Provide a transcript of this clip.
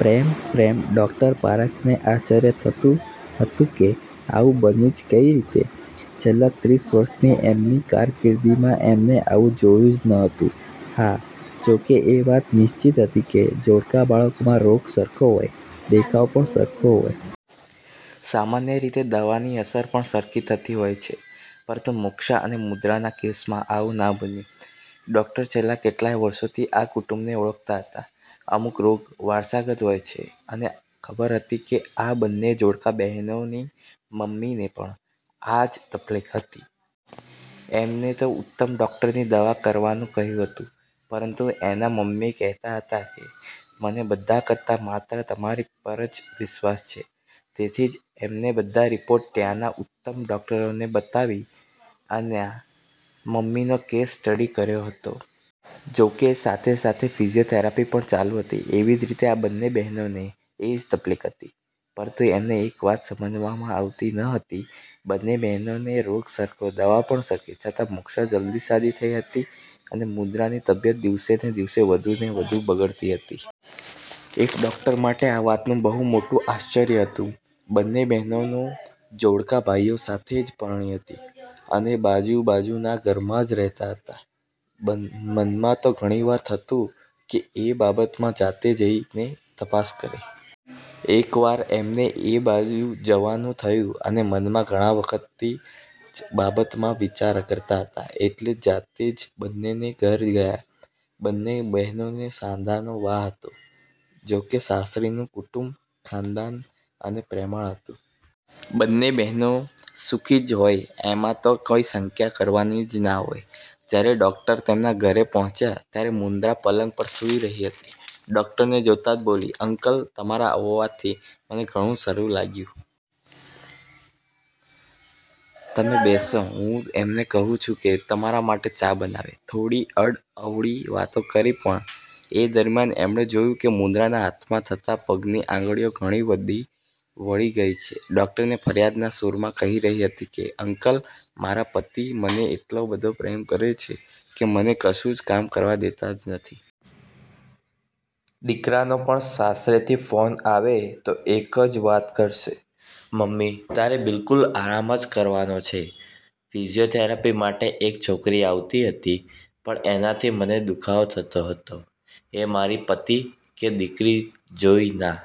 પ્રેમ, પ્રેમ! ડોક્ટર પારેખને આશ્ચર્ય થતું હતું કે આવું બને જ કઈ રીતે? છેલ્લા ત્રીસ વર્ષની એમની કારકિર્દીમાં એમને આવું જોયુ જ ન હતું. હા, જો કે એક વાત નિશ્ચિત હતી કે જોડકા બાળકોમાં રોગ સરખો હોય, દેખાવ પણ સરખો હોય. સામાન્ય રીતે દવાની અસર પણ સરખી થતી હોય છે. પરંતુ મોક્ષા અને મુદ્રાના કેસમાં આવું ના બન્યું. ડોક્ટર છેલ્લા કેટલાય વર્ષોથી આ કુટુંબને ઓળખતા હતા. અમુક રોગ વારસાગત હોય છે. એમને ખબર હતી કે આ બંને જોડકા બહેનોની મમ્મીને પણ આ જ તકલીફ હતી. એમને તો ઉત્તમ ડોક્ટરની દવા કરવાનું કહ્યું હતું પરંતુ એના મમ્મી કહેતા હતાં કે,"મને બધા કરતાં માત્ર તમારી પર જ વિશ્વાસ છે." તેથી જ એમને બધા રિપોર્ટ ત્યાંના ઉત્તમ ડોક્ટરોને બતાવીને એના મમ્મીનો કેસ સ્ટડી કર્યો હતો. જો કે સાથે-સાથે ફિજીયોથેરેપી પણ ચાલુ હતી. એવી જ રીતે આ બંને બહેનોને એ જ તકલીફ હતી. પરંતુ એમને એક વાત સમજમાં આવતી ન હતી, બંને બહેનોને રોગ સરખો, દવા પણ સરખી, છતાંય મોક્ષા જલ્દી સાજી થઈ રહી હતી અને મુદ્રાની તબિયત દિવસે-દિવસે વધુને વધુ બગડતી હતી. એક ડોક્ટર માટે આ વાતનું બહુ મોટું આશ્ચર્ય હતું. બંને બહેનો જોડકા ભાઈઓ સાથે જ પરણી હતી, અને બાજુ-બાજુના ઘરમાં જ રહેતા હતા. મનમાં તો ઘણીવાર થતું કે એ બાબતમાં જાતે જઈને તપાસ કરે. એકવાર એમને એ બાજુ જવાનું થયું અને મનમાં ઘણા વખતથી જે બાબતમાં વિચાર કરતા હતાં એટલે એ જાતે જ બંનેને ઘેર ગયા. બંને બહેનોને સાંધાનો વા હતો. જો કે સાસરીનું કુટુંબ ખાનદાન અને પ્રેમાળ હતું. બંને બહેનો સુખી જ હોય એમાં તો કોઈ શંકા કરવાની જ ના હોય. જ્યારે ડોક્ટર તેમના ઘેર પહોંચ્યા ત્યારે મુદ્રા પલંગ પર સૂઈ રહી હતી. ડોક્ટર ને જોતા જ બોલી,"અંકલ, તમારા આવવાથી મને ઘણું સારું લાગ્યું. તમે બેસો, હું એમને કહું છું કે તમારા માટે ચા બનાવે." થોડી આડીઅવળી વાતો કરી પણ એ દરમ્યાન એમણે જોયું કે મુદ્રાના હાથ તથા પગની આંગળીઓ ઘણી બધી વળી ગઈ છે. ડોક્ટરને ફરિયાદના સૂરમાં કહી રહી હતી કે, "અંકલ, મારા પતિ મને એટલો બધો પ્રેમ કરે છે કે મને કશું જ કામ કરવા દેતા જ નથી. દીકરીનો પણ સાસરેથી ફોન આવે તો એક જ વાત કરશે, "મમ્મી, તારે બિલકુલ આરામ જ કરવાનો છે." ફિઝિયોથેરાપી માટે એક છોકરી આવતી હતી પણ એનાથી મને દુખાવો થતો હતો એ મારા પતિ કે દીકરી જોઈ ના